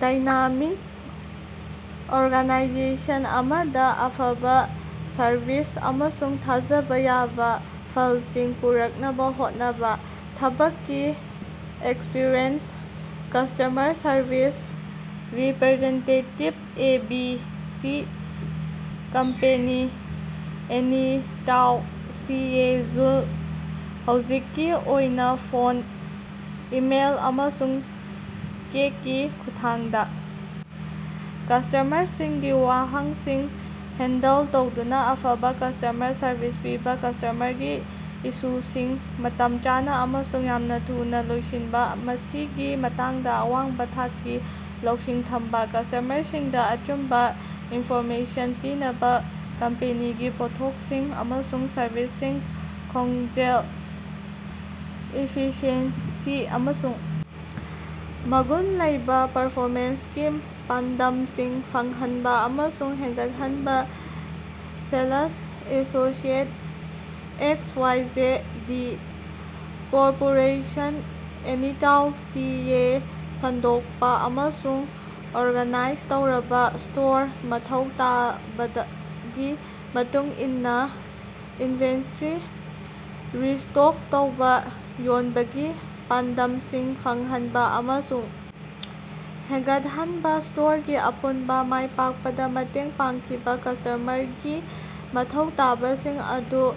Dynamic organization ꯑꯃꯗ ꯑꯐꯕ service ꯑꯃꯁꯨꯡ ꯊꯥꯖꯕ ꯌꯥꯕ ꯐꯜꯁꯤꯡ ꯄꯨꯔꯛꯅꯕ ꯍꯣꯠꯅꯕ꯫ ꯊꯕꯛꯀꯤ experience - customer service representative A B C company, Anytown, C A June – ꯍꯧꯖꯤꯛꯀꯤ ꯑꯣꯏꯅ ꯐꯣꯟ, ꯏꯃꯦꯏꯜ, ꯑꯃꯁꯨꯡ ꯆꯦꯠꯀꯤ ꯈꯨꯠꯊꯥꯡꯗ ꯀꯁ꯭ꯇꯃꯔꯁꯤꯡꯒꯤ ꯋꯥꯍꯪꯁꯤꯡ ꯍꯦꯟꯗꯜ ꯇꯧꯗꯨꯅ ꯑꯐꯕ ꯀꯁ꯭ꯇꯃꯔ ꯁꯔꯚꯤꯁ ꯄꯤꯕ ꯀꯁ꯭ꯇꯃꯔꯒꯤ ꯏꯁꯨꯁꯤꯡ ꯃꯇꯝ ꯆꯥꯅ ꯑꯃꯁꯨꯡ ꯌꯥꯝꯅ ꯊꯨꯅ ꯂꯣꯏꯁꯤꯟꯕ ꯃꯁꯤꯒꯤ ꯃꯇꯥꯡꯗ ꯑꯋꯥꯡꯕ ꯊꯥꯛꯀꯤ ꯂꯧꯁꯤꯡ ꯊꯝꯕ꯫ ꯀꯁ꯭ꯇꯃꯔꯁꯤꯡꯗ ꯑꯆꯨꯝꯕ ꯏꯟꯐꯣꯔꯃꯦꯁꯟ ꯄꯤꯅꯕ ꯀꯝꯄꯦꯅꯤꯒꯤ ꯄꯣꯠꯊꯣꯛꯁꯤꯡ ꯑꯃꯁꯨꯡ ꯁꯔꯕꯤꯁꯁꯤꯡ ꯈꯣꯡꯖꯦꯜ, ꯏꯐꯤꯁꯤꯑꯦꯟꯁꯤ, ꯑꯃꯁꯨꯡ ꯃꯒꯨꯟ ꯂꯩꯕ ꯄꯔꯐꯣꯃꯦꯟꯁꯀꯤ ꯄꯥꯟꯗꯝꯁꯤꯡ ꯐꯪꯍꯟꯕ ꯑꯃꯁꯨꯡ ꯍꯦꯟꯒꯠꯍꯟꯕ sales associate X Y J D corporation, Anytown, C A ꯁꯦꯡꯗꯣꯛꯄ ꯑꯃꯁꯨꯡ ꯑꯣꯔꯒꯅꯥꯏꯖ ꯇꯧꯔꯕ ꯁ꯭ꯇꯣꯔ, ꯃꯊꯧ ꯇꯥꯕꯒꯤ ꯃꯇꯨꯡ ꯏꯟꯅ ꯏꯟꯚꯦꯟꯇꯔꯤ ꯔꯤꯁ꯭ꯇꯣꯛ ꯇꯧꯕ ꯌꯣꯟꯕꯒꯤ ꯄꯥꯟꯗꯝꯁꯤꯡ ꯐꯪꯍꯟꯕ ꯑꯃꯁꯨꯡ ꯍꯦꯟꯒꯠꯍꯟꯕ, ꯁ꯭ꯇꯣꯔꯒꯤ ꯑꯄꯨꯟꯕ ꯃꯥꯏꯄꯥꯛꯄꯗ ꯃꯇꯦꯡ ꯄꯥꯡꯈꯤꯕ ꯀꯁ꯭ꯇꯃꯔꯒꯤ ꯃꯊꯧ ꯇꯥꯕꯁꯤꯡ ꯑꯗꯨ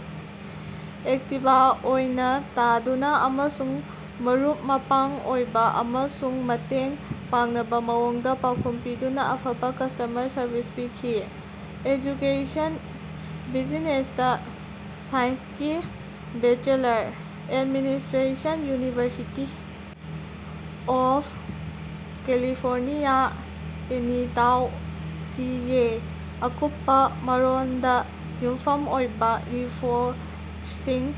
ꯑꯦꯛꯇꯤꯕ ꯑꯣꯏꯅ‌ ꯇꯥꯗꯨꯅ ꯑꯃꯁꯨꯡ ꯃꯔꯨꯞ-ꯃꯄꯥꯡ ꯑꯣꯏꯕ ꯑꯃꯁꯨꯡ ꯃꯇꯦꯡ ꯄꯥꯡꯅꯕ ꯃꯑꯣꯡꯗ ꯄꯥꯎꯈꯨꯝ ꯄꯤꯗꯨꯅ ꯑꯐꯕ ꯀꯁ꯭ꯇꯃꯔ ꯁꯔꯕꯤꯁ ꯄꯤꯈꯤ ꯑꯦꯖꯨꯀꯦꯁꯟ - ꯕꯤꯖꯤꯅꯦꯁꯇꯥ ꯁꯥꯏꯟꯁꯀꯤ bachelor. Administration university of California, Anytown, C A ꯑꯀꯨꯞꯄ ꯃꯔꯣꯜꯗ ꯌꯨꯝꯐꯝ ꯑꯣꯏꯕ ꯔꯤꯐ꯭ꯔꯦꯟꯁꯁꯤꯡ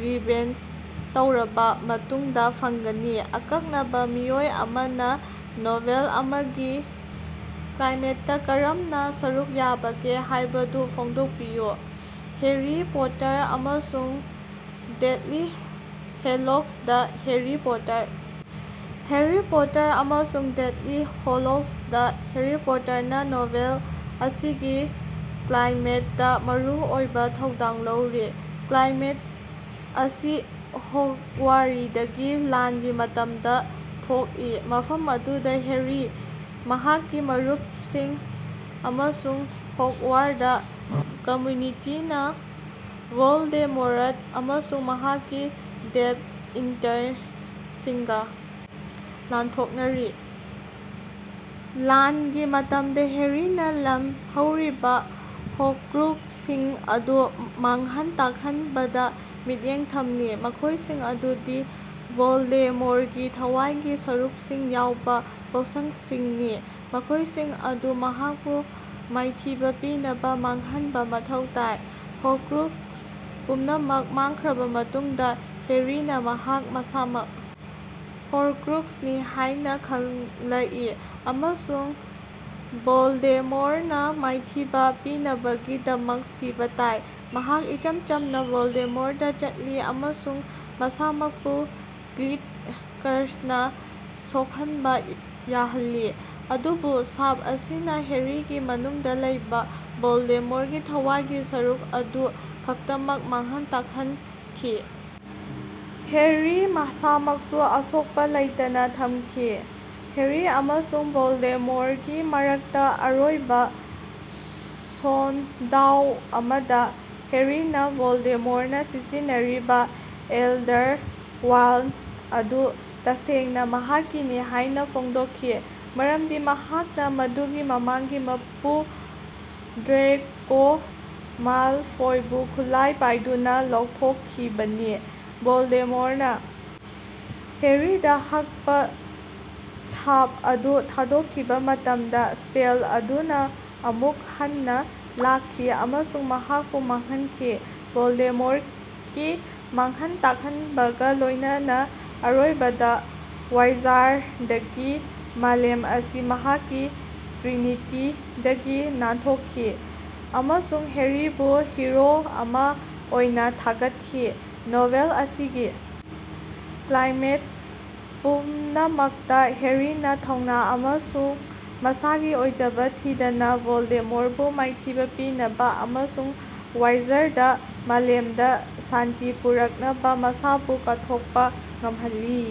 ꯔꯤꯛꯕꯦꯁ꯭ꯠ ꯇꯧꯔꯕ ꯃꯇꯨꯡꯗ ꯐꯪꯒꯅꯤ꯫ ꯑꯀꯛꯅꯕ ꯃꯤꯑꯣꯏ ꯑꯃꯅ ꯅꯣꯚꯦꯜ ꯑꯃꯒꯤ ꯀ꯭ꯂꯥꯏꯃꯦꯛꯁꯇ ꯀꯔꯝꯅ ꯁꯔꯨꯛ ꯌꯥꯕꯒꯦ ꯍꯥꯏꯕꯗꯨ ꯐꯣꯡꯗꯣꯛꯄꯤꯌꯨ꯫ ꯍꯦꯔꯤ ꯄꯣꯇꯔ ꯑꯃꯁꯨꯡ ꯗꯦꯊꯂꯤ ꯍꯦꯂꯣꯁ ꯗꯥ ꯍꯦꯔꯤ ꯄꯣꯇꯔ꯫ ꯍꯦꯔꯤ ꯄꯣꯇꯔ ꯑꯃꯁꯨꯡ ꯗꯦꯊꯂꯤ ꯍꯦꯂꯣꯁ‌ ꯗꯥ ꯍꯦꯔꯤ ꯄꯣꯇꯔꯅꯥ ꯅꯣꯚꯦꯜ ꯑꯁꯤꯒꯤ ꯀ꯭ꯂꯥꯏꯃꯦꯛꯁꯇꯥ ꯃꯔꯨꯑꯣꯏꯕ ꯊꯧꯗꯥꯡ ꯂꯧꯔꯤ꯫ ꯀ꯭ꯂꯥꯏꯃꯦꯛꯁ ꯑꯁꯤ ꯍꯣꯒꯋꯥꯔꯗꯀꯤ ꯂꯥꯟꯒꯤ ꯃꯇꯝꯗ ꯊꯣꯛꯏ, ꯃꯐꯝ ꯑꯗꯨꯗ ꯍꯦꯔꯤ, ꯃꯍꯥꯛꯀꯤ ꯃꯔꯨꯄꯁꯤꯡ ꯑꯃꯁꯨꯡ ꯍꯣꯒꯋꯥꯔꯗ ꯀꯝꯃ꯭ꯌꯨꯅꯤꯇꯤꯅꯥ ꯚꯣꯜꯗꯦꯃꯣꯔꯠ ꯑꯃꯁꯨꯡ ꯃꯍꯥꯛꯀꯤ ꯗꯦꯊ ꯏꯇꯔꯁꯤꯡꯒ ꯂꯥꯟꯊꯦꯡꯅꯔꯤ꯫ ꯂꯥꯟꯒꯤ ꯃꯇꯝꯗ ꯍꯦꯔꯤꯅ ꯂꯦꯝꯍꯧꯔꯤꯕ ꯍꯣꯔꯀ꯭ꯔꯨꯛꯁꯁꯤꯡ ꯑꯗꯨ ꯃꯥꯡꯍꯟ ꯇꯥꯛꯍꯟꯕꯗ ꯃꯤꯠꯌꯦꯡ ꯊꯝꯂꯤ, ꯃꯈꯣꯏꯁꯤꯡ ꯑꯗꯨꯗꯤ ꯚꯣꯜꯗꯦꯃꯣꯔꯒꯤ ꯊꯋꯥꯏꯒꯤ ꯁꯔꯨꯛꯁꯤꯡ ꯌꯥꯎꯕ ꯄꯣꯠꯁꯛꯁꯤꯡꯅꯤ, ꯃꯈꯣꯏꯁꯤꯡ ꯑꯗꯨ ꯃꯍꯥꯛꯄꯨ ꯃꯥꯏꯊꯤꯕ ꯄꯤꯅꯕ ꯃꯥꯡꯍꯟꯕ ꯃꯊꯧ ꯇꯥꯏ꯫ ꯍꯣꯔꯀ꯭ꯔꯨꯛꯁ ꯄꯨꯝꯅꯃꯛ ꯃꯥꯡꯈ꯭ꯔꯕ ꯃꯇꯨꯡꯗ, ꯍꯦꯔꯤꯅ ꯃꯍꯥꯛ ꯃꯁꯥꯃꯛ ꯍꯣꯔꯀ꯭ꯔꯨꯛꯁꯅꯤ ꯍꯥꯏꯕ ꯈꯪꯂꯛꯏ, ꯑꯃꯁꯨꯡ ꯚꯣꯜꯗꯦꯃꯣꯔꯅ ꯃꯥꯏꯊꯤꯕ ꯄꯤꯅꯕꯒꯤꯗꯃꯛ ꯁꯤꯕ ꯇꯥꯏ꯫ ꯃꯍꯥꯛ ꯏꯆꯝ ꯆꯝꯅ ꯚꯣꯜꯗꯦꯃꯣꯔꯗ ꯆꯠꯂꯤ ꯑꯃꯁꯨꯡ ꯃꯁꯥꯃꯛꯄꯨ ꯀꯤꯂꯤꯡ ꯀꯔꯁꯅꯥ ꯁꯣꯛꯍꯟꯕ ꯌꯥꯍꯜꯂꯤ꯫ ꯑꯗꯨꯕꯨ ꯁꯥꯞ ꯑꯁꯤꯅ ꯍꯦꯔꯤꯒꯤ ꯃꯅꯨꯡꯗ ꯂꯩꯕ ꯚꯣꯜꯗꯦꯃꯣꯔꯒꯤ ꯊꯋꯥꯏꯒꯤ ꯁꯔꯨꯛ ꯑꯗꯨ ꯈꯛꯇꯃꯛ ꯃꯥꯡꯍꯟ ꯇꯥꯛꯍꯟꯈꯤ, ꯍꯦꯔꯤ ꯃꯁꯥꯃꯛꯁꯨ ꯑꯁꯣꯛꯄ ꯂꯩꯇꯅ ꯊꯝꯈꯤ꯫ ꯍꯦꯔꯤ ꯑꯃꯁꯨꯡ ꯚꯣꯜꯗꯦꯃꯣꯔꯒꯤ ꯃꯔꯛꯇ ꯑꯔꯣꯏꯕ ꯁꯣꯗꯥꯎꯟ ꯑꯃꯗ ꯍꯦꯔꯤꯅ ꯚꯣꯜꯗꯦꯃꯣꯔꯅ ꯁꯤꯖꯤꯟꯅꯔꯤꯕ ꯑꯦꯜꯗꯔ ꯋꯥꯟꯗ ꯑꯗꯨ ꯇꯁꯦꯡꯅ ꯃꯍꯥꯛꯀꯤꯅꯤ ꯍꯥꯏꯅ ꯐꯣꯡꯗꯣꯠꯈꯤ ꯃꯔꯝꯗꯤ ꯃꯍꯥꯛꯅ ꯃꯗꯨꯒꯤ ꯃꯃꯥꯡꯒꯤ ꯃꯄꯨ ꯗ꯭ꯔꯦꯀꯣ ꯃꯥꯜꯐꯣꯏꯕꯨ ꯈꯨꯠꯂꯥꯏ ꯄꯥꯏꯗꯨꯅ ꯂꯧꯊꯣꯛꯈꯤꯕꯅꯤ꯫ ꯚꯣꯜꯗꯦꯃꯣꯔꯅ ꯍꯦꯔꯤꯗ ꯍꯥꯛꯄ‌ ꯁꯥꯞ ꯑꯗꯨ ꯊꯥꯗꯣꯛꯈꯤꯕ ꯃꯇꯝꯗ, ꯁ꯭ꯄꯦꯜ ꯑꯗꯨꯅ ꯑꯃꯨꯛ ꯍꯟꯅ‌ ꯂꯥꯛꯈꯤ ꯑꯃꯁꯨꯡ ꯃꯍꯥꯛꯄꯨ ꯃꯥꯡꯍꯟꯈꯤ꯫ ꯚꯣꯜꯗꯦꯃꯣꯔꯇꯀꯤ ꯃꯥꯡꯍꯟ ꯇꯥꯛꯍꯟꯕꯒ ꯂꯣꯏꯅꯅ‌ ꯑꯔꯣꯏꯕꯗ ꯋꯥꯏꯖꯥꯔꯗꯀꯤ ꯃꯥꯂꯦꯝ ꯑꯁꯤ ꯃꯍꯥꯛꯀꯤ ꯇ꯭ꯔꯤꯅꯤꯇꯤꯗꯒꯤ ꯅꯥꯟꯊꯣꯛꯈꯤ, ꯑꯃꯁꯨꯡ ꯍꯦꯔꯤꯕꯨ ꯍꯤꯔꯣ ꯑꯃ ꯑꯣꯏꯅ ꯊꯥꯒꯠꯈꯤ꯫ ꯅꯣꯚꯦꯜ ꯑꯁꯤꯒꯤ ꯀ꯭ꯂꯥꯏꯃꯦꯛꯁ ꯄꯨꯝꯅꯃꯛꯇ ꯍꯦꯔꯤꯅ ꯊꯧꯅ‌ ꯑꯃꯁꯨꯡ ꯃꯁꯥꯒꯤ ꯑꯣꯏꯖꯕ ꯊꯤꯗꯅ ꯚꯣꯜꯗꯦꯃꯣꯔꯕꯨ ꯃꯥꯏꯊꯤꯕ ꯄꯤꯅꯕ ꯑꯃꯁꯨꯡ ꯋꯥꯏꯖꯥꯔꯗ ꯃꯥꯂꯦꯝꯗ ꯁꯥꯟꯇꯤ ꯄꯨꯔꯛꯅꯕ ꯃꯁꯥꯕꯨ ꯀꯠꯊꯣꯠꯄ ꯉꯝꯍꯜꯂꯤ꯫